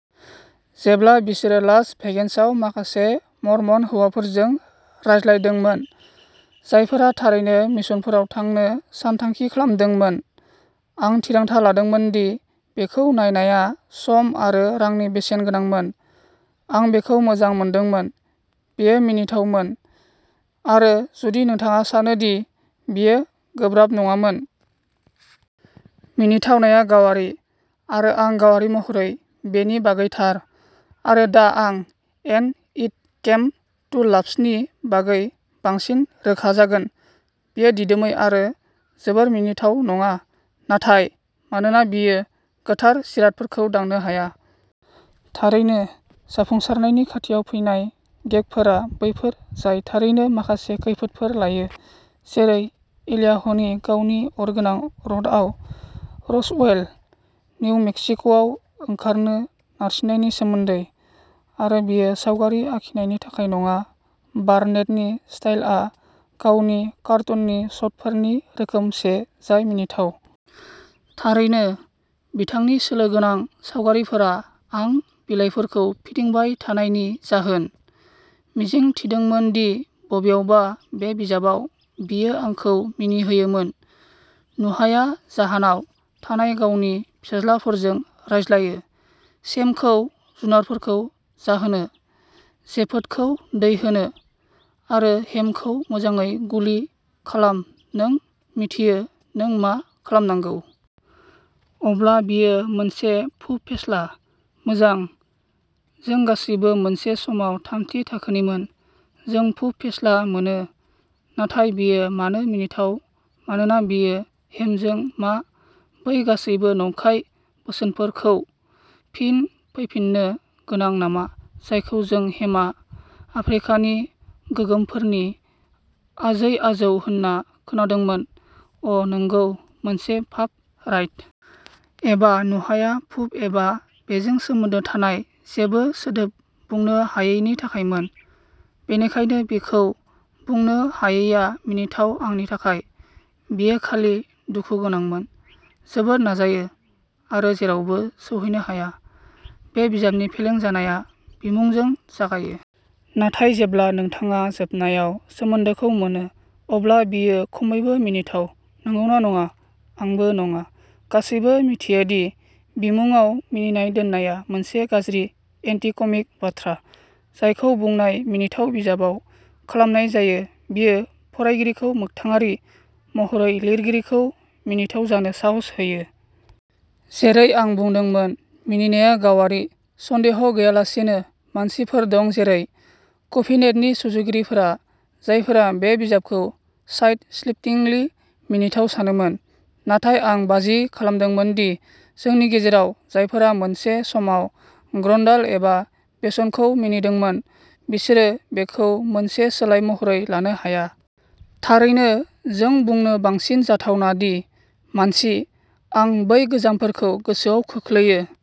जेब्ला बिसोरो लास भेगासआव माखासे मर्मन हौवाफोरजों रायज्लायदोंमोन, जायफोरा थारैनो मिशनफोराव थांनो सानथांखि खालामदोंमोन, आं थिरांथा लादोंमोन दि बेखौ नायनाया सम आरो रांनि बेसेन गोनांमोन। आं बेखौ मोजां मोनदोंमोन। बेयो मिनिथावमोन। आरो जुदि नोंथाङा सानो दि बेयो गोब्राब नङामोन। मिनिथावनाया गावारि, आरो आं गावारि महरै बेनि बागै थार। आरो दा आं एन्ड इट केम टु लाफ्सनि बागै बांसिन रोखा जागोन। बेयो दिदोमै आरो जोबोद मिनिथाव नङा। नाथाय मानोना बेयो गोथार जिरादफोरखौ दांनो हाया। थारैनो, जाफुंसारनायनि खाथियाव फैनाय गेगफोरा बैफोर जाय थारैनो माखासे खैफोदफोर लायो, जेरै एलियाहनि गावनि अरगोनां रथआव रसवेल, निउ मेक्सिक'आव ओंखारनो नारसिनजानायनि सोमोन्दै। आरो बेयो सावगारि आखिनायनि थाखाय नङा। बार्नेटनि स्टाइलआ गोबां कार्टुनिस्टफोरनि रोखोमसे जाय मिनिथाव। थारैनो, बिथांनि सोलो गोनां सावगारिफोरा आं बिलाइफोरखौ फिदिंबाय थानायनि जाहोन, मिजिं थिदोंमोन दि बबेयावबा बे बिजाबाव बियो आंखौ मिनिहोयोमोन। नुहाया जाहाजाव थानाय गावनि फिसाज्लाफोरजों रायज्लायो, शेमखौ जुनारफोरखौ जाहोनो, जेफेथखौ दै होनो, आरो हेमखौ मोजाङै गुलि खालाम नों मिन्थियो नों मा खालामनांगौ। अब्ला बेयो मोनसे पुप फेस्ला। मोजां, जों गासैबो मोनसे समाव थामथि थाखोनिमोन, जों पुप फेस्ला मोनो। नाथाय बेयो मानो मिनिथाव मानोना बेयो हेम जों मा बै गासैबो नंखाय बोसोनफोर खौ फिन फैफिननो गोनां नामा जायखौ जों हेमआ आफ्रिकानि गोसोमफोरनि आजै-आजौ होनना खोनादोंमोन अ, नंगौ, मोनसे लाफ रायट। एबा नुहाया पुप एबा बेजों सोमोन्दो थानाय जेबो सोदोब बुंनो हायैनि थाखायमोन, बेनिखायनो बेखौ बुंनो हायैआ मिनिथाव आंनि थाखाय, बेयो खालि दुखु गोनांमोन। जोबोद नाजायो, आरो जेरावबो सौहैनो हाया। बे बिजाबनि फेलें जानाया बिमुंजों जागायो। नाथाय जेब्ला नोंथाङा जोबनायाव सोमोन्दोखौ मोनो, अब्ला बेयो खमैबो मिनिथाव, नंगौना नङा? आंबो नङा। गासैबो मिथियो दि बिमुंआव मिनिनाय दोननाया मोनसे गाज्रि एन्टी कमिक बाथ्रा, जायखौ बुंनाय मिनिथाव बिजाबाव खालामनाय जायो बेयो फरायगिरिखौ मोगथाङारि महरै लिरगिरिखौ मिनिथाव जानो साहस होयो। जेरै आं बुंदोंमोन, मिनिनाया गावारि। सन्देह गैयालासेनो मानसिफोर दं जेरै कभेनेन्टनि सुजुगिरिफोरा जायफोरा बे बिजाबखौ साइड स्प्लिटिंलि मिनिथाव सानोमोन। नाथाय आं बाजि खालामदों दि जोंनि गेजेराव जायफोरा मोनसे समाव ग्रन्डाल एबा बेनसनखौ मिनिदोंमोन, बिसोरो बेखौ मोनसे सोलाय महरै लानो हाया। थारैनो, जों बुंनो बांसिन जाथावना दि, मानसि, आं बै गोजामफोरखौ गोसोआव खोख्लैयो।